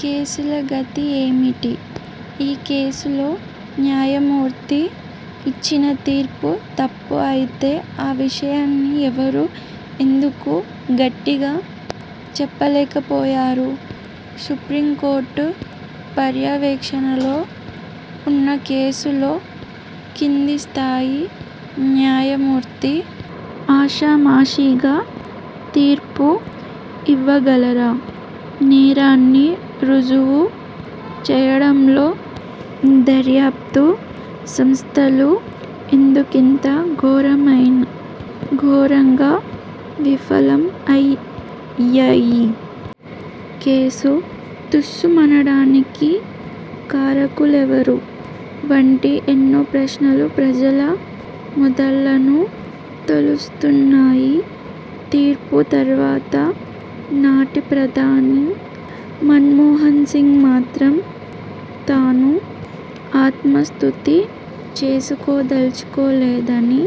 కేసుల గతి ఏమిటి? ఈ కేసులో న్యాయమూర్తి ఇచ్చిన తీర్పు తప్పు అయితే ఆ విషయాన్ని ఎవరూ ఎందుకు గట్టిగా చెప్పలేకపోయారు? సుప్రీంకోర్టు పర్యవేక్షణలో ఉన్న కేసులో కిందిస్థాయి న్యాయమూర్తి ఆషామాషీగా తీర్పు ఇవ్వగలరా? నేరాన్ని రుజువు చేయడంలో దర్యాప్తు సంస్థలు ఎందుకింత ఘోరంగా విఫలం అయ్యాయి? కేసు తుస్సుమనడానికి కారకులు ఎవరు? వంటి ఎన్నో ప్రశ్నలు ప్రజల మెదళ్లను తొలుస్తున్నాయి. తీర్పు తర్వాత నాటి ప్రధాని మన్మోహన్సింగ్ మాత్రం తాను ఆత్మస్తుతి చేసుకోదలుచుకోలేదని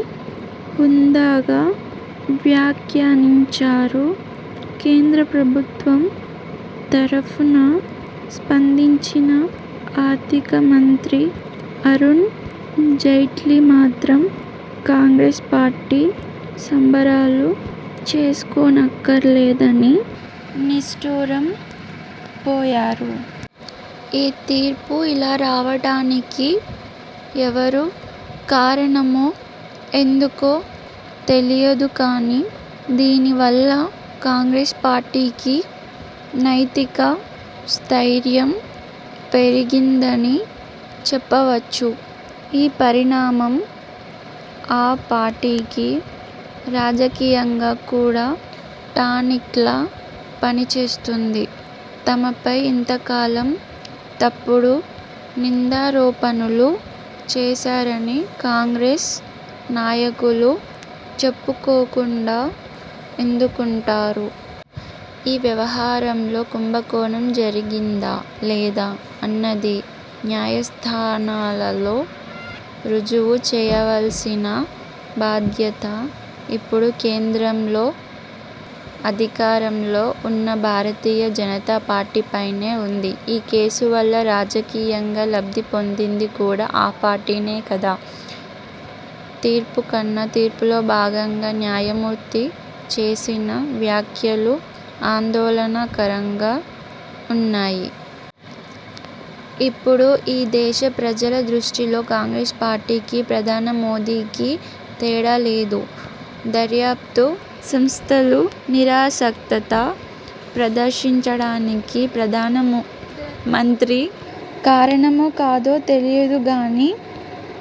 హుందాగా వ్యాఖ్యానించారు. కేంద్ర ప్రభుత్వం తరఫున స్పందించిన ఆర్థిక మంత్రి అరుణ్ జైట్లీ మాత్రం కాంగ్రెస్ పార్టీ సంబరాలు చేసుకోనక్కర్లేదని నిష్టూరం పోయారు. ఈ తీర్పు ఇలా రావడానికి ఎవరు కారణమో, ఎందుకో తెలియదు గానీ, దీనివల్ల కాంగ్రెస్ పార్టీకి నైతిక స్థయిర్యం పెరిగిందని చెప్పవచ్చు. ఈ పరిణామం ఆ పార్టీకి రాజకీయంగా కూడా టానిక్లా పనిచేస్తుంది. తమపై ఇంతకాలం తప్పుడు నిందారోపణలు చేశారని కాంగ్రెస్ నాయకులు చెప్పుకోకుండా ఎందుకుంటారు. ఈ వ్యవహారంలో కుంభకోణం జరిగిందా? లేదా? అన్నది న్యాయస్థానాలలో రుజువు చేయవలసిన బాధ్యత ఇప్పుడు కేంద్రంలో అధికారంలో ఉన్న భారతీయ జనతా పార్టీపైనే ఉంది. ఈ కేసు వల్ల రాజకీయంగా లబ్ధి పొందింది కూడా ఆ పార్టీనే కదా! తీర్పుకన్నా తీర్పులో భాగంగా న్యాయమూర్తి చేసిన వ్యాఖ్యలు ఆందోళనకరంగా ఉన్నాయి. ఇప్పుడు ఈ దేశ ప్రజల దృష్టిలో కాంగ్రెస్ పార్టీకి, ప్రధాన మోదీకి తేడా లేదు! దర్యాప్తు సంస్థలు నిరాసక్తత ప్రదర్శించడానికి ప్రధానమంత్రి కారణమో కాదో తెలియదు గానీ,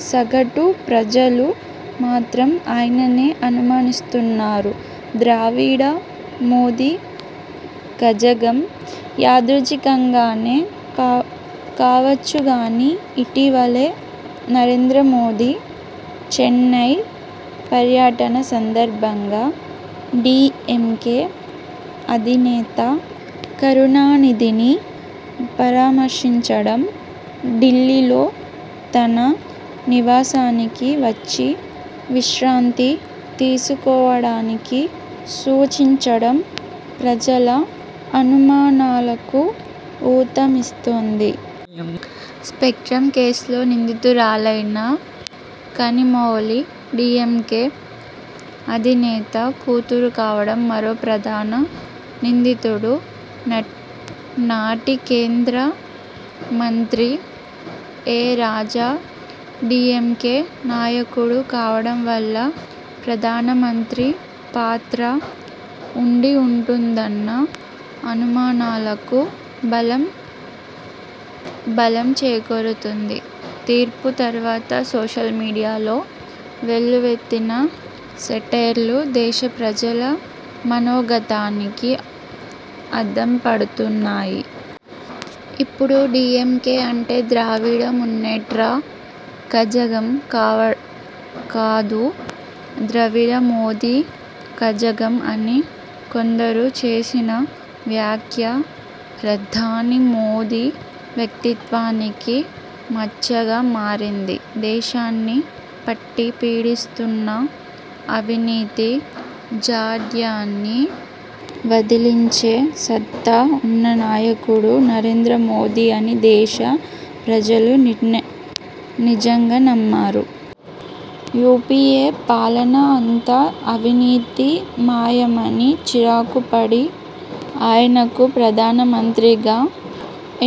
సగటు ప్రజలు మాత్రం ఆయననే అనుమానిస్తున్నారు. ద్రవిడ మోదీ కజగం! యాథృచ్ఛికంగానే కావా కావచ్చుగానీ ఇటీవలే నరేంద్ర మోదీ చెన్నై పర్యటన సందర్భంగా డీఎంకే అధినేత కరుణానిధిని పరామర్శించడం, ఢిల్లీలో తన నివాసానికి వచ్చి విశ్రాంతి తీసుకోవడానికి సూచించడం ప్రజల అనుమానాలకు ఊతమిస్తోంది. స్పెక్ట్రమ్ కేసులో నిందితురాలైన కనిమొళి డీఎంకే అధినేత కూతురు కావడం, మరో ప్రధాన నిందితుడు, నట్టి నాటి కేంద్ర మంత్రి ఎ. రాజా డీఎంకే నాయకుడు కావడం వల్ల ప్రధానమంత్రి పాత్ర ఉండి ఉంటుందన్న అనుమానాలకు బలం బలం చేకూరుతోంది. తీర్పు తర్వాత సోషల్ మీడియాలో వెల్లువెత్తిన సెటైర్లు దేశ ప్రజల మనోగతానికి అద్దం పడుతున్నాయి. ఇప్పుడు డీఎంకే అంటే ద్రవిడ మున్నేట్ర కజగం కావడ్ కాదు, ద్రవిడ మోదీ కజగం అని కొందరు చేసిన వ్యాఖ్య ప్రధాని మోదీ వ్యక్తిత్వానికి మచ్చగా మారింది. దేశాన్ని పట్టి పీడిస్తున్న అవినీతి జాడ్యాన్ని వదిలించే సత్తా ఉన్న నాయకుడు నరేంద్ర మోదీ అని దేశ ప్రజలు నినా నిజంగా నమ్మారు. యూపీఏ పాలన అంతా అవినీతి మాయమని చిరాకుపడి, ఆయనకు ప్రధానమంత్రిగా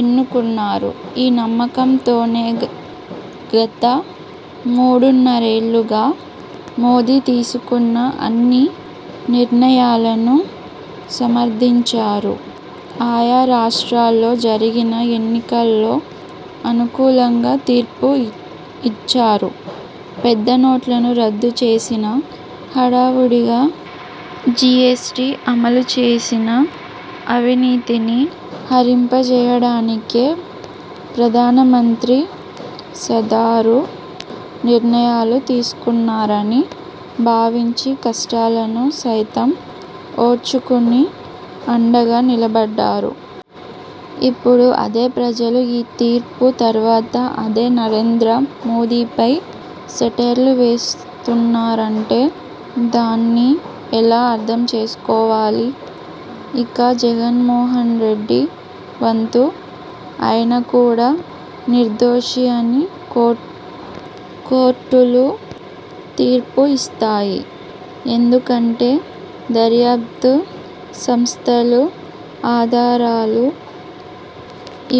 ఎన్నుకున్నారు. ఈ నమ్మకంతోనే గ గత మూడున్నరేళ్లుగా మోదీ తీసుకున్న అన్ని నిర్ణయాలనూ సమర్థించారు. ఆయా రాష్ర్టాలలో జరిగిన ఎన్నికలలో అనుకూలంగా తీర్పు ఇచ్చారు. పెద్దనోట్లను రద్దు చేసినా, హడావుడిగా జీఎస్టీ అమలుచేసినా అవినీతిని హరింపజేయడానికే ప్రధానమంత్రి సదా రు నిర్ణయాలు తీసుకున్నారని భావించి కష్టాలను సైతం ఓర్చుకుని అండగా నిలబడ్డారు. ఇప్పుడు అదే ప్రజలు ఈ తీర్పు తర్వాత అదే నరేంద్ర మోదీపై సెటైర్లు వేస్తున్నారంటే దాన్ని ఎలా అర్థం చేసుకోవాలి? 'ఇక జగన్మోహన్ రెడ్డి వంతు ఆయన కూడా నిర్దోషి అని కోర్టు కోర్టులు తీర్పు ఇస్తాయి. ఎందుకంటే దర్యాప్తు సంస్థలు ఆధారాలు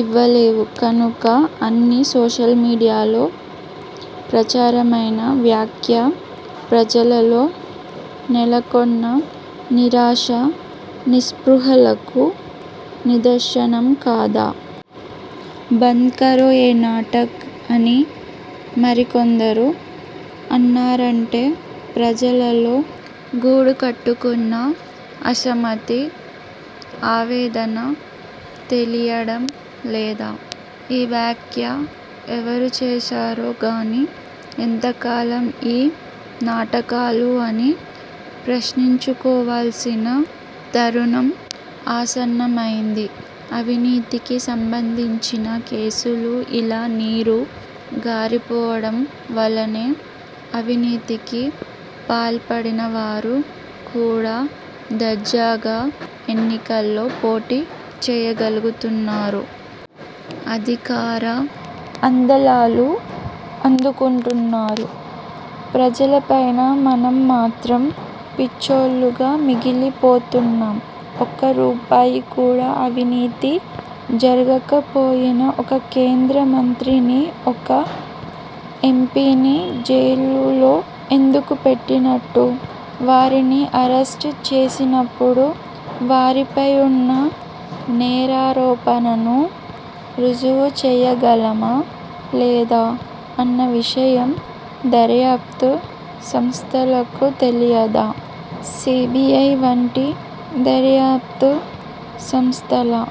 ఇవ్వలేవు కనుక' అన్నీ సోషల్ మీడియాలో ప్రచారమైన వ్యాఖ్య ప్రజలలో నెలకొన్న నిరాశా నిస్పృహలకు నిదర్శనం కాదా! 'బంద్ కరో ఏ నాటక్' అని మరికొందరు అన్నారంటే ప్రజలలో గూడుకట్టుకున్న అసమ్మతి, ఆవేదన తెలియడం లేదా? ఈ వ్యాఖ్య ఎవరు చేశారో గానీ ఎంతకాలం ఈ నాటకాలు అని ప్రశ్నించుకోవలసిన తరుణం ఆసన్నమైంది. అవినీతికి సంబంధించిన కేసులు ఇలా నీరు గారిపోవడం వల్లనే అవినీతికి పాల్పడిన వారు కూడా దర్జాగా ఎన్నికలలో పోటీ చేయగలుగుతున్నారు. అధికార అందలాలు అందుకుంటున్నారు. ప్రజలమైన మనం మాత్రం పిచ్చోళ్లుగా మిగిలి పోతున్నాం. ఒక్క రూపాయి కూడా అవినీతి జరగకపోయినా ఒక కేంద్ర మంత్రిని, ఒక ఎంపీని జైలులో ఎందుకు పెట్టినట్టు? వారిని అరెస్ట్ చేసినప్పుడు వారిపై ఉన్న నేరారోపణను రుజువు చేయగలమా? లేదా? అన్న విషయం దర్యాప్తు సంస్థలకు తెలియదా? సీబీఐ వంటి దర్యాప్తు సంస్థల